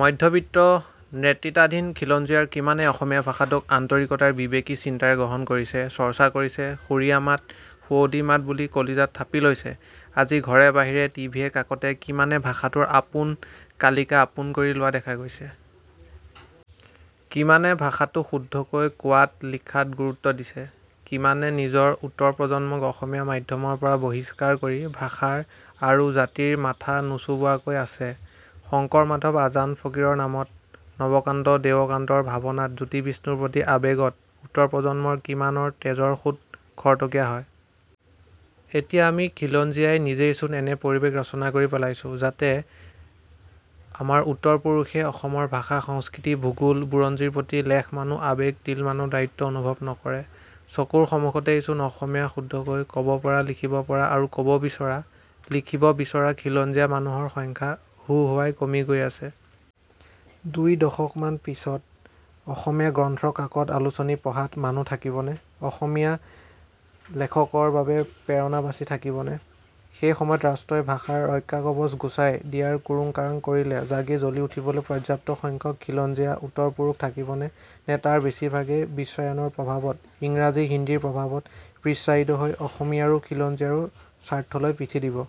মধ্যবিত্ত নেতৃত্বাধীন খিলঞ্জীয়াৰ কিমানে অসমীয়া ভাষাটোক আন্তৰিকতাৰে বিবেকী চিন্তাৰে গ্ৰহণ কৰিছে, চৰ্চা কৰিছে, সুৰীয়া মাত, সুৱদী মাত বুলি কলিজাত থাপি লৈছে? আজি ঘৰে-বাহিৰে, টিভিয়ে-কাকতে কিমানে ভাষাটোৰ আপোন কালিকা আপোন কৰি লোৱা দেখা গৈছে? কিমানে ভাষাটো শুদ্ধকৈ কোৱাত, লিখাত গুৰুত্ব দিছে? কিমানে নিজৰ উত্তৰ প্ৰজন্মক অসমীয়া মাধ্যমৰ পৰা বহিষ্কাৰ কৰি ভাষাৰ আৰু জাতিৰ মাথা নোচোবোৱাকৈ আছে? শংকৰ-মাধৱ, আজান ফকীৰৰ নামত, নৱকান্ত-দেৱকান্তৰ ভাৱনাত, জ্যোতি-বিষ্ণুৰ প্ৰতি আবেগত উত্তৰ প্ৰজন্মৰ কিমানৰ তেজৰ সোঁত খৰতকীয়া হয়? এতিয়া আমি খিলঞ্জীয়াই নিজেইচোন এনে পৰিৱেশ ৰচনা কৰি পেলাইছোঁ যাতে আমাৰ উত্তৰ পুৰুষে অসমৰ ভাষা, সংস্কৃতি, ভূগোল, বুৰঞ্জীৰ প্ৰতি লেশমানো আৱেগ, তিলমানো দায়িত্ব অনুভৱ নকৰে। চকুৰ সমুখতেইচোন অসমীয়া শুদ্ধকৈ ক'ব পৰা, লিখিব পৰা আৰু ক'ব বিচৰা, লিখিব বিচৰা খিলঞ্জীয়া মানুহৰ সংখ্যা হোহোৱাই কমি গৈ আছে। দুই দশকমান পিছত অসমীয়া গ্ৰন্থ, কাকত, আলোচনী পঢ়া মানুহ থাকিবনে? অসমীয়া লেখকৰ বাবে প্ৰেৰণা বাচি থাকিবনে? সেই সময়ত ৰাষ্ট্ৰই ভাষাৰ ৰক্ষাকৱচ গুচাই দিয়াৰ কুৰুংকাৰাং কৰিলে জাগি-জ্বলি উঠিবলৈ পৰ্যাপ্ত সংখ্যক খিলঞ্জীয়া উত্তৰ পুৰুষ থাকিবনে নে তাৰ বেছিভাগেই বিশ্বায়নৰ প্ৰভাৱত ইংৰাজী-হিন্দীৰ প্ৰভাৱত বিশ্বায়িত হৈ অসমীয়াৰো খিলঞ্জীয়াৰো স্বাৰ্থলৈ পিঠি দিব?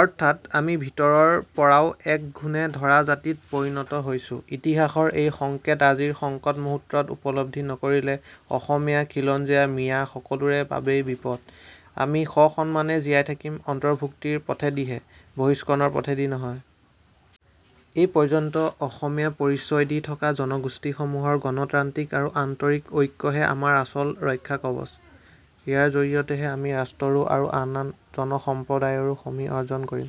অৰ্থাৎ আমি ভিতৰৰ পৰাও এক ঘূণে ধৰা জাতিত পৰিণত হৈছোঁ। ইতিহাসৰ এই সংকেত আজিৰ সংকট মুহূৰ্তত উপলব্ধি নকৰিলে অসমীয়া, খিলঞ্জীয়া, মিঞা সকলোৰে বাবেই বিপদ। আমি সসন্মানে জীয়াই থাকিম অন্তৰ্ভুক্তিৰ পথেদিহে, বহিষ্কৰণৰ পথেদি নহয়। এই পৰ্যন্ত অসমীয়া পৰিচয় দি থকা জনগোষ্ঠীসমূহৰ গণতান্ত্ৰিক আৰু আন্তৰিক ঐক্যহে আমাৰ আচল ৰক্ষাকৱচ। ইয়াৰ জৰিয়তেহে আমি ৰাষ্ট্ৰৰো আৰু আন আন জনসম্প্ৰদায়ৰো সমীহ অৰ্জন কৰিম।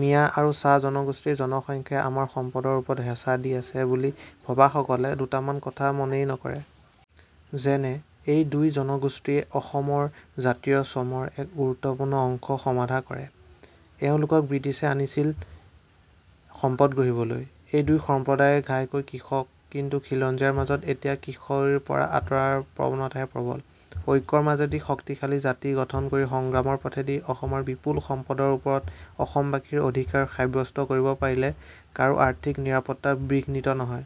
মিঞা আৰু চাহ জনগোষ্ঠীৰ জনসংখ্যাই আমাৰ সম্পদৰ ওপৰত হেঁচা দি আছে বুলি ভবাসকলে দুটামান কথা মনেই নকৰে। যেনে: এই দুই জনগোষ্ঠীয়ে অসমৰ জাতীয় শ্ৰমৰ এক গুৰুত্বপুৰ্ণ অংশ সমাধা কৰে। এওঁলোকক ব্ৰিটিছে আনিছিল সম্পদ গঢ়িবলৈ। এই দুই সম্প্ৰদায় ঘাইকৈ কৃষক। কিন্তু খিলঞ্জীয়াৰ মাজত এতিয়া কৃষিৰ পৰা আঁতৰাৰ প্ৰৱণতাহে প্ৰবল। ঐক্যৰ মাজেদি শক্তিশালী জাতি গঠন কৰি সংগ্ৰামৰ পথেদি অসমৰ বিপুল সম্পদৰ ওপৰত অসমবাসীৰ অধিকাৰ সাব্যস্ত কৰিব পাৰিলে কাৰো আৰ্থিক নিৰাপত্তা বিঘ্নিত নহয়।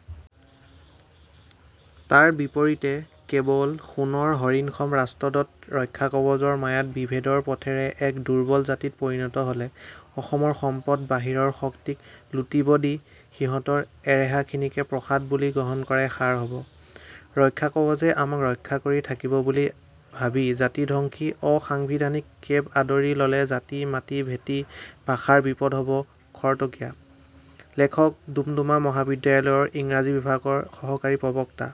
তাৰ বিপৰীতে কেৱল সোণৰ হৰিণসম ৰাষ্ট্ৰদত্ত ৰক্ষাকৱচৰ মায়াত বিভেদৰ পথেৰে এক দুৰ্বল জাতিত পৰিণত হ'লে অসমৰ সম্পদ বাহিৰৰ শক্তিক লুটিব দি সিহঁতৰ এৰেহাখিনিকে প্ৰসাদ বুলি গ্ৰহণ কৰাই সাৰ হ'ব। ৰক্ষাকৱচে আমাক ৰক্ষা কৰি থাকিব বুলি ভাবি জাতিধ্বংসী অসাংবিধানিক কেব আদৰি ললে জাতি, মাটি, ভেটি, ভাষাৰ বিপদ হ'ব খৰতকীয়া। লেখক ডুমডুমা মহাবিদ্যালয়ৰ ইংৰাজী বিভাগৰ সহকাৰী প্ৰবক্তা।